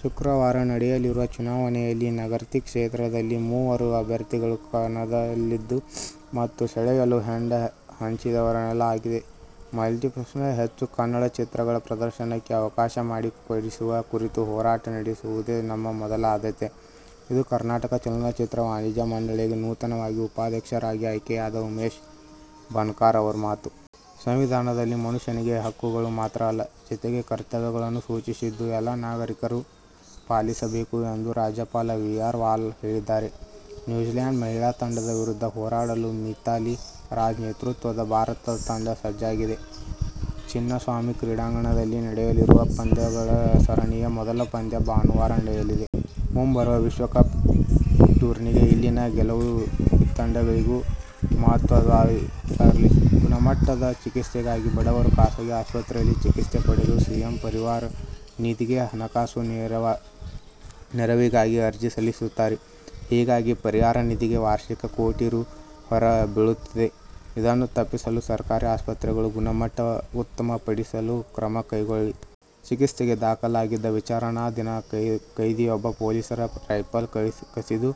ಶುಕ್ರವಾರ ನಡೆಯಲಿರುವ ಚುನಾವಣೆಯಲ್ಲಿ ನಗರ್ತಿ ಕ್ಷೇತ್ರದಲ್ಲಿ ಮೂವರು ಅಭ್ಯರ್ಥಿಗಳು ಕಣದಲ್ಲಿದ್ದು, ಮತ ಸೆಳೆಯಲು ಹೆಂಡ ಹಂಚಿದ್ದರೆನ್ನಲಾಗಿದೆ. "ಮಲ್ಟಿಪ್ಲೆಕ್ಸ್ನಲ್ಲಿ ಹೆಚ್ಚು ಕನ್ನಡ ಚಿತ್ರಗಳ ಪ್ರದರ್ಶನಕ್ಕೆ ಅವಕಾಶ ಮಾಡಿಕೊಡಿಸುವ ಕುರಿತು ಹೋರಾಟ ನಡೆಸುವುದೇ ನಮ್ಮ ಮೊದಲ ಆದ್ಯತೆ' ಇದು ಕರ್ನಾಟಕ ಚಲನಚಿತ್ರ ವಾಣಿಜ್ಯ ಮಂಡಳಿಗೆ ನೂತನವಾಗಿ ಉಪಾಧ್ಯಕ್ಷರಾಗಿ ಆಯ್ಕೆಯಾದ ಉಮೇಶ್ ಬಣಕಾರ್ ಅವರ ಮಾತು. ಸಂವಿಧಾನದಲ್ಲಿ ಮನುಷ್ಯನಿಗೆ ಹಕ್ಕುಗಳು ಮಾತ್ರ ಅಲ್ಲ. ಜತೆಗೆ ಕರ್ತವ್ಯಗಳನ್ನೂ ಸೂಚಿಸಿದ್ದು ಎಲ್ಲಾ ನಾಗರೀಕರು ಅರಣ್ಯ ಸಂರಕ್ಷಣೆಯ ಕರ್ತವ್ಯವನ್ನು ಪಾಲಿಸಬೇಕು ಎಂದು ರಾಜ್ಯಪಾಲ ವಿ. ಆರ್. ವಾಲಾ ಹೇಳಿದ್ದಾರೆ. ನ್ಯೂಜಿಲೆಂಡ್ ಮಹಿಳಾ ತಂಡದ ವಿರುದ್ಧ ಹೋರಾಡಲು ಮಿಥಾಲಿ ರಾಜ್ ನೇತೃತ್ವದ ಭಾರತ ತಂಡ ಸಜ್ಜಾಗಿದೆ. ಚಿನ್ನಸ್ವಾಮಿ ಕ್ರೀಡಾಂಗಣದಲ್ಲಿ ನಡೆಯಲಿರುವ ಪಂದ್ಯಗಳ ಸರಣಿಯ ಮೊದಲ ಪಂದ್ಯ ಭಾನುವಾರ ನಡೆಯಲಿದೆ. ಮುಂಬರುವ ವಿಶ್ವಕಪ್ ಟೂರ್ನಿಗೆ ಇಲ್ಲಿನ ಗೆಲುವು ಇತ್ತಂಡಗಳಿಗೂ ಮಹತ್ವದ್ದಾಗಿರಲಿದೆ. ಗುಣಮಟ್ಟದ ಚಿಕಿತ್ಸೆಗಾಗಿ ಬಡವರು ಖಾಸಗಿ ಆಸ್ಪತ್ರೆಯಲ್ಲಿ ಚಿಕಿತ್ಸೆ ಪಡೆದು ಸಿಎಂ ಪರಿಹಾರ ನಿಧಿಗೆ ಹಣಕಾಸು ನೆರವಿಗಾಗಿ ಅರ್ಜಿ ಸಲ್ಲಿಸುತ್ತಾರೆ. ಹೀಗಾಗಿ ಪರಿಹಾರ ನಿಧಿಗೆ ವಾರ್ಷಿಕ ಕೋಟಿ ರೂ. ಹೊರೆ ಬೀಳುತ್ತಿದೆ. ಇದನ್ನು ತಪ್ಪಿಸಲು ಸರ್ಕಾರಿ ಆಸ್ಪತ್ರೆಗಳ ಗುಣಮಟ್ಟ ಉತ್ತಮಪಡಿಸಲು ಕ್ರಮ ಕೈಗೊಳ್ಳಿ. ಚಿಕಿತ್ಸೆಗೆ ದಾಖಲಾಗಿದ್ದ ವಿಚಾರಣಾಧೀನ ಕೈದಿಯೊಬ್ಬ ಪೊಲೀಸರ ರೈಫಲ್ ಕಸಿದು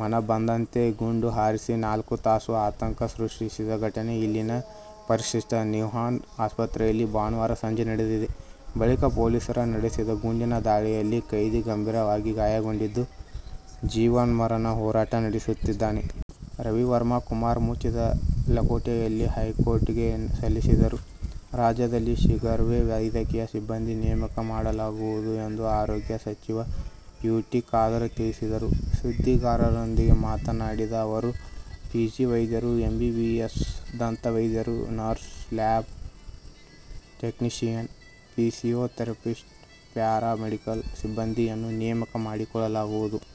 ಮನಬಂದಂತೆ ಗುಂಡು ಹಾರಿಸಿ ನಾಲ್ಕು ತಾಸು ಆತಂಕ ಸೃಷ್ಟಿಸಿದ ಘಟನೆ ಇಲ್ಲಿನ ಪ್ರತಿಷ್ಠಿತ ನಿಮ್ಹಾನ್ಸ್ ಆಸ್ಪತ್ರೆಯಲ್ಲಿ ಭಾನುವಾರ ಸಂಜೆ ನಡೆದಿದೆ. ಬಳಿಕ ಪೊಲೀಸರು ನಡೆಸಿದ ಗುಂಡಿನ ದಾಳಿಯಲ್ಲಿ ಕೈದಿ ಗಂಭೀರವಾಗಿ ಗಾಯಗೊಂಡಿದ್ದು, ಜೀವನ್ಮರಣ ಹೋರಾಟ ನಡೆಸುತ್ತಿದ್ದಾನೆ. ರವಿವರ್ಮಾ ಕುಮಾರ್ ಮುಚ್ಚಿದ ಲಕೋಟೆಯಲ್ಲಿ ಹೈಕೋರ್ಟ್ ಗೆ ಸಲ್ಲಿಸಿದರು. ರಾಜ್ಯದಲ್ಲಿ ಶೀಘ್ರವೇ ವೈದ್ಯಕೀಯ ಸಿಬ್ಬಂದಿ ನೇಮಕ ಮಾಡಲಾಗುವುದು ಎಂದು ಆರೋಗ್ಯ ಸಚಿವ ಯು. ಟಿ. ಖಾದರ್ ತಿಳಿಸಿದರು. ಸುದ್ದಿಗಾರರೊಂದಿಗೆ ಮಾತನಾಡಿದ ಅವರು, ಪಿಜಿ ವೈದ್ಯರು, ಎಂಬಿಬಿಎಸ್, ದಂತವೈದ್ಯರು, nurse, lab technician, physiotherapist, paramedical ಸಿಬ್ಬಂದಿಯನ್ನು ನೇಮಕ ಮಾಡಿಕೊಳ್ಳಲಾಗುವುದು.